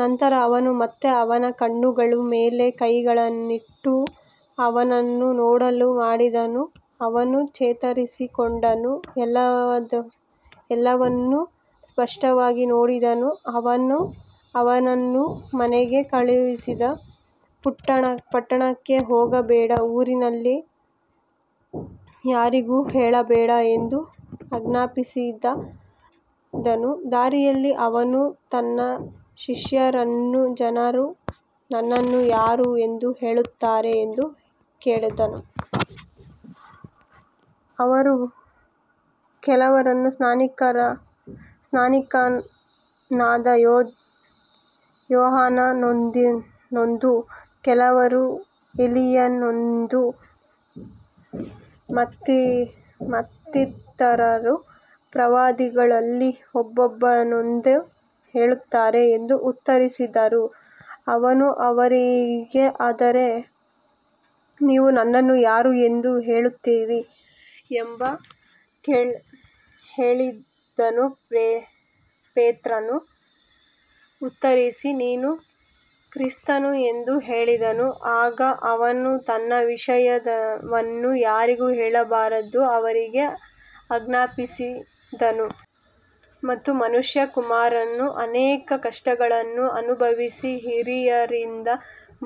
ನಂತರ ಅವನು ಮತ್ತೆ ಅವನ ಕಣ್ಣುಗಳ ಮೇಲೆ ಕೈಗಳನ್ನಿಟ್ಟು ಅವನನ್ನು ನೋಡಲು ಮಾಡಿದನು. ಅವನು ಚೇತರಿಸಿಕೊಂಡು ಎಲ್ಲವನ್ನೂ ಸ್ಪಷ್ಟವಾಗಿ ನೋಡಿದನು. ಅವನು ಅವನನ್ನು ಮನೆಗೆ ಕಳುಹಿಸಿ, ಪಟ್ಟಣಕ್ಕೆ ಹೋಗಬೇಡ, ಊರಿನಲ್ಲಿ ಯಾರಿಗೂ ಹೇಳಬೇಡ ಎಂದು ಆಜ್ಞಾಪಿಸಿದನು. ದಾರಿಯಲ್ಲಿ ಅವನು ತನ್ನ ಶಿಷ್ಯರನ್ನು, ಜನರು ನನ್ನನ್ನು ಯಾರು ಎಂದು ಹೇಳುತ್ತಾರೆ ಎಂದು ಕೇಳಿದನು. ಅವರು, ಕೆಲವರು ಸ್ನಾನಿಕನಾದ ಯೋಹಾನನೆಂದೂ, ಕೆಲವರು ಎಲೀಯನೆಂದೂ, ಮತ್ತಿತರರು ಪ್ರವಾದಿಗಳಲ್ಲಿ ಒಬ್ಬನೆಂದೂ ಹೇಳುತ್ತಾರೆ ಎಂದು ಉತ್ತರಿಸಿದರು. ಅವನು ಅವರಿಗೆ, ಆದರೆ ನೀವು ನನ್ನನ್ನು ಯಾರು ಎಂದು ಹೇಳುತ್ತೀರಿ ಎಂದು ಕೇಳಿದನು. ಪೇತ್ರನು ಉತ್ತರಿಸಿ, ನೀನು ಕ್ರಿಸ್ತನು ಎಂದು ಹೇಳಿದನು. ಆಗ ಅವನು ತನ್ನ ವಿಷಯವನ್ನು ಯಾರಿಗೂ ಹೇಳಬಾರದೆಂದು ಅವರಿಗೆ ಆಜ್ಞಾಪಿಸಿದನು. ಮತ್ತು ಮನುಷ್ಯಕುಮಾರನು ಅನೇಕ ಕಷ್ಟಗಳನ್ನು ಅನುಭವಿಸಿ, ಹಿರಿಯರಿಂದ,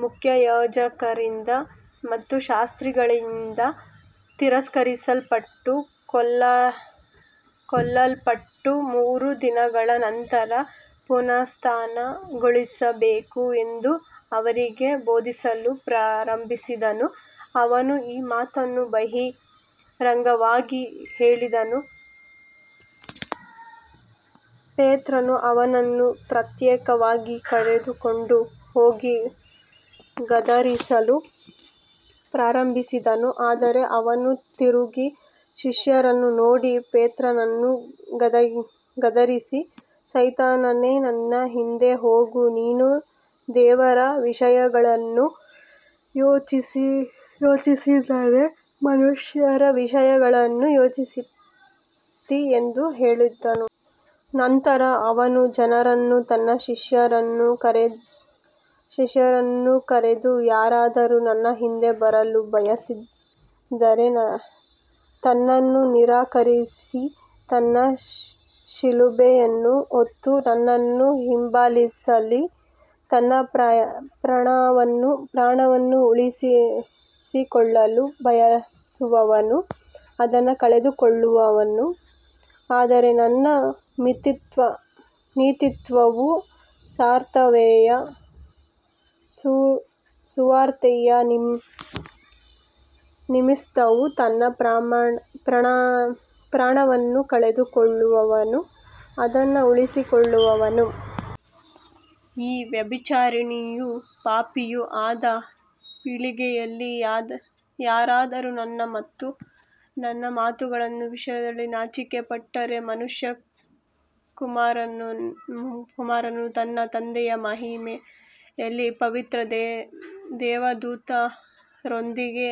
ಮುಖ್ಯಯಾಜಕರಿಂದ ಮತ್ತು ಶಾಸ್ತ್ರಿಗಳಿಂದ ತಿರಸ್ಕರಿಸಲ್ಪಟ್ಟು ಕೊಲ್ಲಲ್ಪಟ್ಟು ಮೂರು ದಿನಗಳ ನಂತರ ಪುನರುತ್ಥಾನಗೊಳ್ಳಬೇಕು ಎಂದು ಅವರಿಗೆ ಬೋಧಿಸಲು ಪ್ರಾರಂಭಿಸಿದನು. ಅವನು ಈ ಮಾತನ್ನು ಬಹಿರಂಗವಾಗಿ ಹೇಳಿದನು. ಪೇತ್ರನು ಅವನನ್ನು ಪ್ರತ್ಯೇಕವಾಗಿ ಕರೆದುಕೊಂಡು ಹೋಗಿ ಗದರಿಸಲು ಪ್ರಾರಂಭಿಸಿದನು. ಆದರೆ ಅವನು ತಿರುಗಿ ಶಿಷ್ಯರನ್ನು ನೋಡಿ ಪೇತ್ರನನ್ನು ಗದರಿಸಿ, ಸೈತಾನನೇ, ನನ್ನ ಹಿಂದೆ ಹೋಗು, ನೀನು ದೇವರ ವಿಷಯಗಳನ್ನು ಯೋಚಿಸದೆ ಮನುಷ್ಯರ ವಿಷಯಗಳನ್ನು ಯೋಚಿಸುತ್ತೀ ಎಂದು ಹೇಳಿದನು. ನಂತರ ಅವನು ಜನರನ್ನೂ ತನ್ನ ಶಿಷ್ಯರನ್ನೂ ಕರೆದು, ಯಾರಾದರೂ ನನ್ನ ಹಿಂದೆ ಬರಲು ಬಯಸಿದರೆ ತನ್ನನ್ನು ನಿರಾಕರಿಸಿ ತನ್ನ ಶಿಲುಬೆಯನ್ನು ಹೊತ್ತು ನನ್ನನ್ನು ಹಿಂಬಾಲಿಸಲಿ. ತನ್ನ ಪ್ರಾಣವನ್ನು ಉಳಿಸಿಕೊಳ್ಳಲು ಬಯಸುವವನು ಅದನ್ನು ಕಳೆದುಕೊಳ್ಳುವನು, ಆದರೆ ನನ್ನ ನಿಮಿತ್ತವೂ ಸುವಾರ್ತೆಯ ನಿಮಿತ್ತವೂ ತನ್ನ ಪ್ರಾಣವನ್ನು ಕಳೆದುಕೊಳ್ಳುವವನು ಅದನ್ನು ಉಳಿಸಿಕೊಳ್ಳುವನು. ಈ ವ್ಯಭಿಚಾರಿಣಿಯೂ ಪಾಪಿಯೂ ಆದ ಪೀಳಿಗೆಯಲ್ಲಿ ಯಾರಾದರೂ ನನ್ನ ಮತ್ತು ನನ್ನ ಮಾತುಗಳ ವಿಷಯದಲ್ಲಿ ನಾಚಿಕೆಪಟ್ಟರೆ, ಮನುಷ್ಯಕುಮಾರನು ತನ್ನ ತಂದೆಯ ಮಹಿಮೆಯಲ್ಲಿ ಪವಿತ್ರ ದೇವದೂತರೊಂದಿಗೆ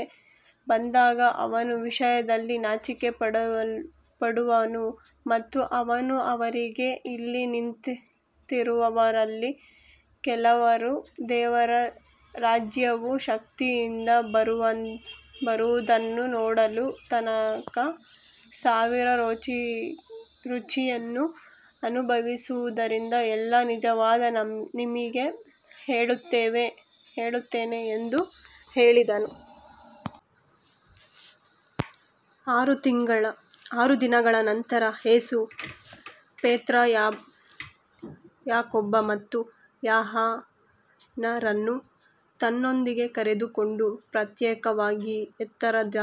ಬಂದಾಗ ಅವನ ವಿಷಯದಲ್ಲಿ ನಾಚಿಕೆಪಡುವನು. ಮತ್ತು ಅವನು ಅವರಿಗೆ, ಇಲ್ಲಿ ನಿಂತಿರುವವರಲ್ಲಿ ಕೆಲವರು ದೇವರ ರಾಜ್ಯವು ಶಕ್ತಿಯಿಂದ ಬರುವುದನ್ನು ನೋಡುವ ತನಕ ಸಾವಿನ ರುಚಿಯನ್ನು ಅನುಭವಿಸುವುದಿಲ್ಲ ಎಂದು ನಿಜವಾಗಿ ನಿಮಗೆ ಹೇಳುತ್ತೇನೆ ಎಂದು ಹೇಳಿದನು. ಆರು ದಿನಗಳ ನಂತರ ಯೇಸು ಪೇತ್ರ, ಯಾಕೋಬ ಮತ್ತು ಯೋಹಾನರನ್ನು ತನ್ನೊಂದಿಗೆ ಕರೆದುಕೊಂಡು ಪ್ರತ್ಯೇಕವಾಗಿ ಎತ್ತರದ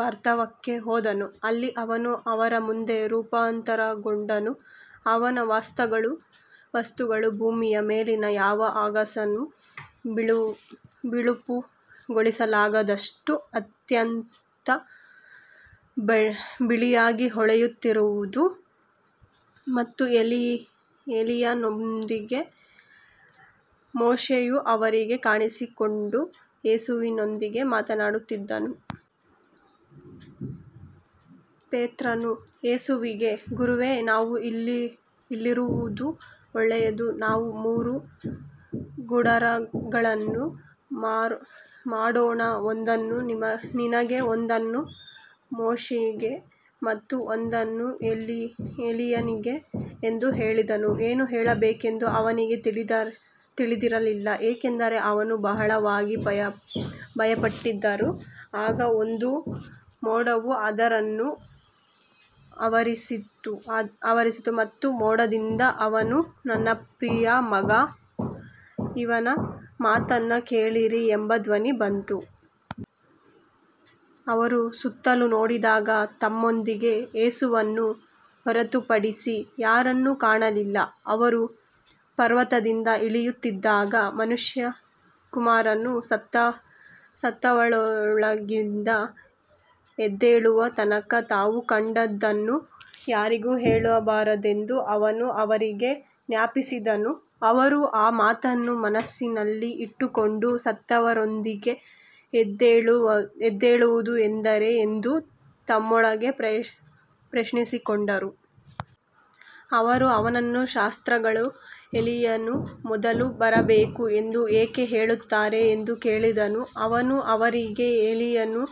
ಪರ್ವತಕ್ಕೆ ಹೋದನು. ಅಲ್ಲಿ ಅವನು ಅವರ ಮುಂದೆ ರೂಪಾಂತರಗೊಂಡನು. ಅವನ ವಸ್ತ್ರಗಳು ಭೂಮಿಯ ಮೇಲಿನ ಯಾವ ಅಗಸನೂ ಬಿಳುಪುಗೊಳಿಸಲಾಗದಷ್ಟು ಅತ್ಯಂತ ಬಿಳಿಯಾಗಿ ಹೊಳೆಯುತ್ತಿದ್ದವು. ಮತ್ತು ಎಲೀಯನೊಂದಿಗೆ ಮೋಶೆಯು ಅವರಿಗೆ ಕಾಣಿಸಿಕೊಂಡು ಯೇಸುವಿನೊಂದಿಗೆ ಮಾತನಾಡುತ್ತಿದ್ದನು. ಪೇತ್ರನು ಯೇಸುವಿಗೆ, ಗುರುವೇ, ನಾವು ಇಲ್ಲಿರುವುದು ಒಳ್ಳೆಯದು. ನಾವು ಮೂರು ಗುಡಾರಗಳನ್ನು ಮಾಡೋಣ, ಒಂದನ್ನು ನಿನಗೆ, ಒಂದನ್ನು ಮೋಶೆಗೆ ಮತ್ತು ಒಂದನ್ನು ಎಲೀಯನಿಗೆ ಎಂದು ಹೇಳಿದನು. ಏನು ಹೇಳಬೇಕೆಂದು ಅವನಿಗೆ ತಿಳಿದಿರಲಿಲ್ಲ, ಏಕೆಂದರೆ ಅವರು ಬಹಳವಾಗಿ ಭಯಪಟ್ಟಿದ್ದರು. ಆಗ ಒಂದು ಮೋಡವು ಅವರನ್ನು ಆವರಿಸಿತು ಮತ್ತು ಮೋಡದಿಂದ, ಇವನು ನನ್ನ ಪ್ರಿಯ ಮಗ, ಇವನ ಮಾತನ್ನು ಕೇಳಿರಿ ಎಂಬ ಧ್ವನಿ ಬಂತು. ಅವರು ಸುತ್ತಲೂ ನೋಡಿದಾಗ ತಮ್ಮೊಂದಿಗೆ ಯೇಸುವನ್ನು ಹೊರತುಪಡಿಸಿ ಯಾರನ್ನೂ ಕಾಣಲಿಲ್ಲ. ಅವರು ಪರ್ವತದಿಂದ ಇಳಿಯುತ್ತಿದ್ದಾಗ, ಮನುಷ್ಯಕುಮಾರನು ಸತ್ತವರೊಳಗಿಂದ ಎದ್ದೇಳುವ ತನಕ ತಾವು ಕಂಡದ್ದನ್ನು ಯಾರಿಗೂ ಹೇಳಬಾರದೆಂದು ಅವನು ಅವರಿಗೆ ಆಜ್ಞಾಪಿಸಿದನು. ಅವರು ಆ ಮಾತನ್ನು ಮನಸ್ಸಿನಲ್ಲಿ ಇಟ್ಟುಕೊಂಡು, ಸತ್ತವರೊಳಗಿಂದ ಎದ್ದೇಳುವುದು ಎಂದರೇನು ಎಂದು ತಮ್ಮೊಳಗೆ ಪ್ರಶ್ನಿಸಿಕೊಂಡರು. ಅವರು ಅವನನ್ನು, ಶಾಸ್ತ್ರಿಗಳು ಎಲೀಯನು ಮೊದಲು ಬರಬೇಕು ಎಂದು ಏಕೆ ಹೇಳುತ್ತಾರೆ ಎಂದು ಕೇಳಿದರು. ಅವನು ಅವರಿಗೆ, ಎಲೀಯನು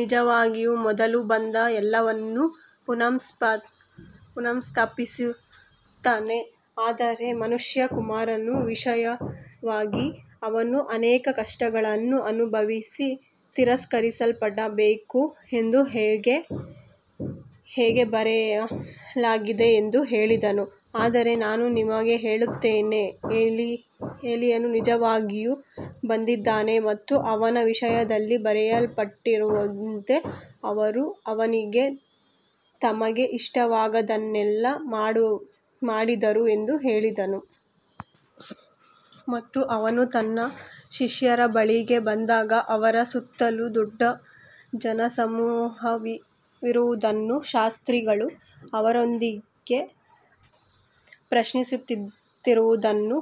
ನಿಜವಾಗಿಯೂ ಮೊದಲು ಬಂದು ಎಲ್ಲವನ್ನೂ ಪುನಃಸ್ಥಾಪಿಸುತ್ತಾನೆ. ಆದರೆ ಮನುಷ್ಯಕುಮಾರನ ವಿಷಯವಾಗಿ ಅವನು ಅನೇಕ ಕಷ್ಟಗಳನ್ನು ಅನುಭವಿಸಿ ತಿರಸ್ಕರಿಸಲ್ಪಡಬೇಕು ಎಂದು ಹೇಗೆ ಬರೆಯಲಾಗಿದೆ ಎಂದು ಹೇಳಿದನು. ಆದರೆ ನಾನು ನಿಮಗೆ ಹೇಳುತ್ತೇನೆ, ಎಲೀಯನು ನಿಜವಾಗಿಯೂ ಬಂದಿದ್ದಾನೆ ಮತ್ತು ಅವನ ವಿಷಯದಲ್ಲಿ ಬರೆಯಲ್ಪಟ್ಟಿರುವಂತೆ ಅವರು ಅವನಿಗೆ ತಮಗೆ ಇಷ್ಟವಾದದ್ದನ್ನೆಲ್ಲ ಮಾಡಿದರು ಎಂದು ಹೇಳಿದನು. ಮತ್ತು ಅವನು ತನ್ನ ಶಿಷ್ಯರ ಬಳಿಗೆ ಬಂದಾಗ ಅವರ ಸುತ್ತಲೂ ದೊಡ್ಡ ಜನಸಮೂಹವಿರುವುದನ್ನೂ ಶಾಸ್ತ್ರಿಗಳು ಅವರೊಂದಿಗೆ ಪ್ರಶ್ನಿಸುತ್ತಿರುವುದನ್ನೂ ಕಂಡನು.